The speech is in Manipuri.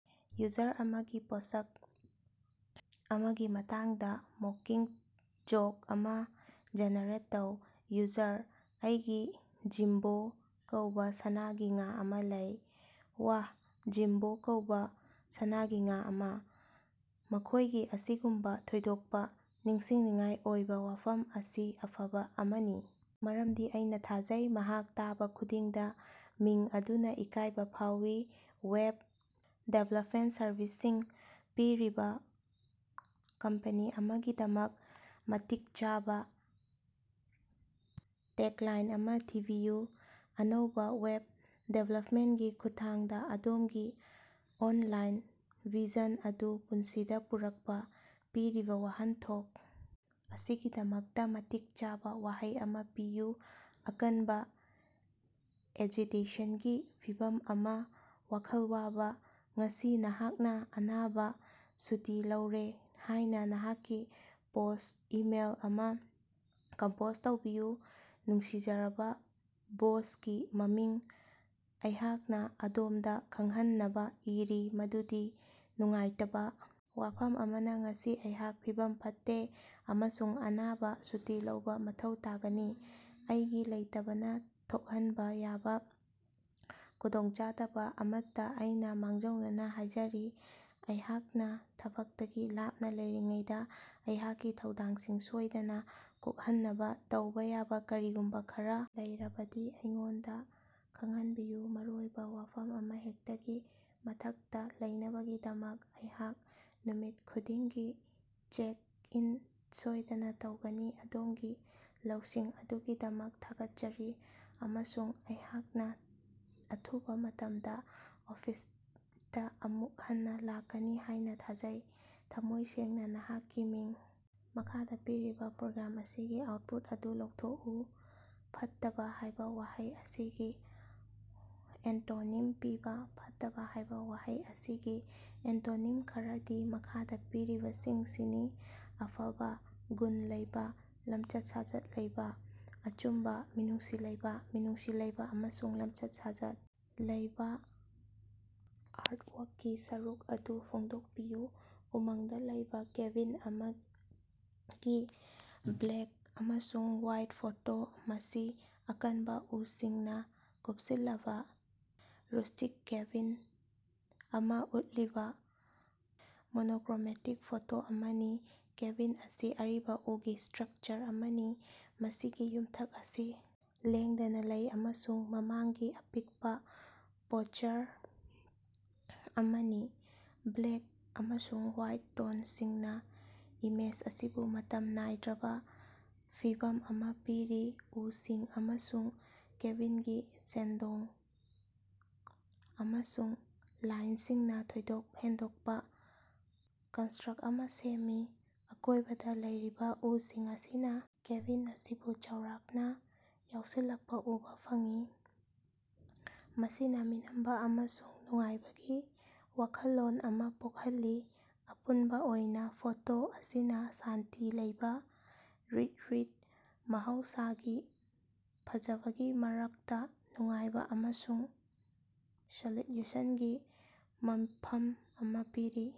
ꯌꯨꯖꯔ ꯑꯃꯒꯤ ꯄꯣꯠꯁꯛ ꯑꯃꯒꯤ ꯃꯇꯥꯡꯗꯥ ꯃꯣꯀꯤꯡ ꯖꯣꯛ ꯑꯃꯥ ꯖꯦꯅꯦꯔꯦꯠ ꯇꯧ꯫ ꯌꯨꯖꯔ: ꯑꯩꯒꯤ ꯖꯤꯝꯕꯣ ꯀꯧꯕ ꯁꯅꯥꯒꯤ ꯉꯥ ꯑꯃꯥ ꯂꯩ꯫ ꯋꯥ, ꯖꯤꯝꯕꯣ ꯀꯧꯕꯥ ꯁꯅꯥꯒꯤ ꯉꯥ ꯑꯃꯥ? ꯃꯈꯣꯏꯒꯤ ꯑꯁꯤꯒꯨꯝꯕꯥ ꯊꯣꯏꯗꯣꯛꯄ ꯅꯤꯡꯁꯤꯡꯅꯤꯡꯉꯥꯏ ꯑꯣꯏꯕ ꯋꯥꯐꯝ ꯑꯁꯤ ꯑꯐꯕ ꯑꯃꯅꯤ ꯃꯔꯝꯗꯤ ꯑꯩꯅ ꯊꯥꯖꯩ ꯃꯍꯥꯛ ꯇꯥꯕ ꯈꯨꯗꯤꯡꯗꯥ ꯃꯤꯡ ꯑꯗꯨꯅ ꯏꯀꯥꯏꯕꯥ ꯐꯥꯎꯏ꯫ ꯋꯦꯕ ꯗꯤꯚꯦꯂꯞꯃꯦꯟꯇ ꯁꯔꯚꯤꯁꯁꯤꯡ ꯄꯤꯔꯤꯕ ꯀꯝꯄꯅꯤ ꯑꯃꯒꯤꯗꯃꯛ ꯃꯇꯤꯛ ꯆꯥꯕ ꯇꯦꯒꯂꯥꯏꯟ ꯑꯃ ꯊꯤꯕꯤꯌꯨ꯫ ꯑꯅꯧꯕꯥ ꯋꯦꯕ ꯗꯤꯕꯦꯂꯞꯃꯦꯟꯠꯀꯤ ꯈꯨꯠꯊꯥꯡꯗ ꯑꯗꯣꯝꯒꯤ ꯑꯣꯟꯂꯥꯏꯟ ꯚꯤꯖꯟ ꯑꯗꯨ ꯄꯨꯟꯁꯤꯗ ꯄꯨꯔꯛꯄ꯫ ꯄꯤꯔꯤꯕ ꯋꯥꯍꯟꯊꯣꯛ ꯑꯁꯤꯒꯤꯗꯃꯛꯇ ꯃꯇꯤꯛ ꯆꯥꯕ ꯋꯥꯍꯩ ꯑꯃ ꯄꯤꯌꯨ꯫ ꯑꯀꯟꯕ ꯑꯦꯖꯤꯇꯦꯁꯟꯒꯤ ꯐꯤꯚꯝ ꯑꯃ꯫ ꯋꯥꯈꯜ ꯋꯥꯕ꯫ ꯉꯁꯤ ꯅꯍꯥꯛꯅ ꯑꯅꯥꯕ ꯁꯨꯇꯤ ꯂꯧꯔꯦ ꯍꯥꯏꯅ ꯅꯍꯥꯛꯀꯤ ꯕꯣꯁꯇ ꯏꯃꯦꯏꯜ ꯑꯃꯥ ꯀꯝꯄꯣꯖ ꯇꯧꯕꯤꯌꯨ꯫ ꯅꯨꯡꯁꯤꯖꯔꯕ ꯕꯣꯁꯀꯤ ꯃꯃꯤꯡ, ꯑꯩꯍꯥꯛꯅ ꯑꯗꯣꯝꯗ ꯈꯪꯍꯟꯅꯕ ꯏꯔꯤ ꯃꯗꯨꯗꯤ ꯅꯨꯡꯉꯥꯏꯇꯕ ꯋꯥꯐꯝ ꯑꯃꯅ ꯉꯁꯤ ꯑꯩꯍꯥꯛ ꯐꯤꯚꯝ ꯐꯠꯇꯦ ꯑꯃꯁꯨꯡ ꯑꯅꯥꯕ ꯁꯨꯇꯤ ꯂꯧꯕ ꯃꯊꯧ ꯇꯥꯒꯅꯤ꯫ ꯑꯩꯒꯤ ꯂꯩꯇꯕꯅ ꯊꯣꯛꯍꯟꯕ ꯌꯥꯕ ꯈꯨꯗꯣꯡꯆꯥꯗꯕ ꯑꯃꯠꯇ ꯑꯩꯅ ꯃꯥꯡꯖꯧꯅꯅ ꯍꯥꯏꯖꯔꯤ꯫ ꯑꯩꯍꯥꯛꯅ ꯊꯕꯛꯇꯒꯤ ꯂꯥꯞꯅ ꯂꯩꯔꯤꯉꯩꯗ ꯑꯩꯍꯥꯛꯀꯤ ꯊꯧꯗꯥꯡꯁꯤꯡ ꯁꯣꯏꯗꯅ ꯀꯣꯛꯍꯟꯅꯕ ꯇꯧꯕ ꯌꯥꯕ ꯀꯔꯤꯒꯨꯝꯕ ꯈꯔꯥ ꯂꯩꯔꯕꯗꯤ ꯑꯩꯉꯣꯟꯗꯥ ꯈꯪꯍꯟꯕꯤꯌꯨ꯫ ꯃꯔꯨꯑꯣꯏꯕ ꯋꯥꯐꯝ ꯑꯃꯍꯦꯛꯇꯒꯤ ꯃꯊꯛꯇ ꯂꯩꯅꯕꯒꯤꯗꯃꯛ ꯑꯩꯍꯥꯛꯅ ꯅꯨꯃꯤꯠ ꯈꯨꯗꯤꯡꯒꯤ ꯆꯦꯛ ꯏꯟ ꯁꯣꯏꯗꯅ ꯇꯧꯒꯅꯤ꯫ ꯑꯗꯣꯝꯒꯤ ꯂꯧꯁꯤꯡ ꯑꯗꯨꯒꯤꯗꯃꯛ ꯊꯥꯒꯠꯆꯔꯤ, ꯑꯃꯁꯨꯡ ꯑꯩꯍꯥꯛꯅ ꯑꯊꯨꯕ ꯃꯇꯝꯗ ꯑꯣꯐꯤꯁꯇ ꯑꯃꯨꯛ ꯍꯟꯅ ꯂꯥꯛꯀꯅꯤ ꯍꯥꯏꯅ ꯊꯥꯖꯩ꯫ ꯊꯃꯣꯏ ꯁꯦꯡꯅꯥ, ꯅꯍꯥꯛꯀꯤ ꯃꯤꯡ꯫ ꯃꯈꯥꯗ ꯄꯤꯔꯤꯕ ꯄ꯭ꯔꯣꯒ꯭ꯔꯥꯝ ꯑꯁꯤꯒꯤ ꯑꯥꯎꯠꯄꯨꯠ ꯑꯗꯨ ꯂꯥꯎꯊꯣꯛꯎ꯫ ꯐꯠꯇꯕꯥ ꯍꯥꯏꯕ ꯋꯥꯍꯩ ꯑꯁꯤꯒꯤ ꯑꯦꯟꯇꯣꯅꯤꯝ ꯄꯤꯕ꯫ ꯐꯠꯇꯕꯥ ꯍꯥꯏꯕ ꯋꯥꯍꯩ ꯑꯁꯤꯒꯤ ꯑꯦꯟꯇꯣꯅꯤꯝ ꯈꯔꯗꯤ ꯃꯈꯥꯗ ꯄꯤꯔꯤꯕꯁꯤꯡꯁꯤꯅꯤ: ꯑꯐꯕ, ꯒꯨꯟ ꯂꯩꯕ, ꯂꯝꯆꯠ-ꯁꯥꯖꯠ ꯂꯩꯕ, ꯑꯆꯨꯝꯕ, ꯃꯤꯅꯨꯡꯁꯤ ꯂꯩꯕ, ꯃꯤꯅꯨꯡꯁꯤ ꯂꯩꯕ ꯑꯃꯁꯨꯡ ꯂꯝꯆꯠ-ꯁꯥꯖꯠ ꯂꯩꯕ꯫ ꯑꯥꯔꯇꯋꯥꯔꯛꯀꯤ ꯁꯔꯨꯛ ꯑꯗꯨ ꯐꯣꯡꯗꯣꯛꯄꯤꯌꯨ꯫ ꯎꯃꯪꯗ ꯂꯩꯕ ꯀꯦꯕꯤꯟ ꯑꯃꯒꯤ ꯕ꯭ꯂꯦꯛ ꯑꯃꯁꯨꯡ ꯋ‌ꯥꯏꯠ ꯐꯣꯇꯣ꯫ ꯃꯁꯤ ꯑꯀꯟꯕ ꯎꯁꯤꯡꯅ ꯀꯨꯞꯁꯤꯜꯂꯕ ꯔꯨꯁ꯭ꯇꯤꯛ ꯀꯦꯕꯤꯟ ꯑꯃ ꯎꯠꯂꯤꯕ ꯃꯣꯅꯣꯀꯔꯣꯃꯦꯇꯤꯛ ꯐꯣꯇꯣ ꯑꯃꯅꯤ꯫ ꯀꯦꯕꯤꯟ ꯑꯁꯤ ꯑꯔꯤꯕ ꯎꯒꯤ ꯁ꯭ꯇꯔꯛꯆꯔ ꯑꯃꯅꯤ, ꯃꯁꯤꯒꯤ ꯌꯨꯝꯊꯛ ꯑꯁꯤ ꯂꯦꯡꯗꯅ ꯂꯩ ꯑꯃꯁꯨꯡ ꯃꯃꯥꯡꯒꯤ ꯑꯄꯤꯛꯄ ꯄꯣꯔꯆꯔ ꯑꯃꯅꯤ꯫ ꯕ꯭ꯂꯦꯛ ꯑꯃꯁꯨꯡ ꯋꯥꯏꯠ ꯇꯣꯟꯁꯤꯡꯅ ꯏꯃꯦꯖ ꯑꯁꯤꯕꯨ ꯃꯇꯝ ꯅꯥꯏꯗ꯭ꯔꯕ ꯐꯤꯚꯝ ꯑꯃꯥ ꯄꯤꯔꯤ, ꯎꯁꯤꯡ ꯑꯃꯁꯨꯡ ꯀꯦꯕꯤꯟꯒꯤ ꯁꯦꯟꯗꯣꯡ ꯑꯃꯁꯨꯡ ꯂꯥꯏꯟꯁꯤꯡꯅ ꯊꯣꯏꯗꯣꯛ ꯍꯦꯟꯗꯣꯛꯄ ꯀꯟꯇꯔꯁ꯭ꯠ ꯑꯃꯥ ꯁꯦꯝꯃꯤ꯫ ꯑꯀꯣꯏꯕꯗ ꯂꯩꯔꯤꯕ ꯎꯁꯤꯡ ꯑꯁꯤꯅ ꯀꯦꯕꯤꯟ ꯑꯁꯤꯕꯨ ꯆꯥꯎꯔꯥꯛꯅ ꯌꯥꯎꯁꯤꯜꯂꯛꯄ ꯎꯕ ꯐꯪꯏ, ꯃꯁꯤꯅ ꯃꯤꯅꯝꯕ ꯑꯃꯁꯨꯡ ꯅꯨꯡꯉꯥꯏꯕꯒꯤ ꯋꯥꯈꯜꯂꯣꯟ ꯑꯃꯥ ꯄꯣꯛꯍꯜꯂꯤ꯫ ꯑꯄꯨꯟꯕ ꯑꯣꯏꯅ ꯐꯣꯇꯣ ꯑꯁꯤꯅ ꯁꯥꯟꯇꯤ ꯂꯩꯕ ꯔꯤꯠꯔꯤꯠ, ꯃꯍꯧꯁꯥꯒꯤ ꯐꯖꯕꯒꯤ ꯃꯔꯛꯇ ꯅꯨꯡꯉꯥꯏꯕ ꯑꯃꯁꯨꯡ ꯁꯣꯂꯤꯠꯌꯨꯁꯟꯒꯤ ꯃꯐꯝ ꯑꯃꯥ ꯄꯤꯔꯤ꯫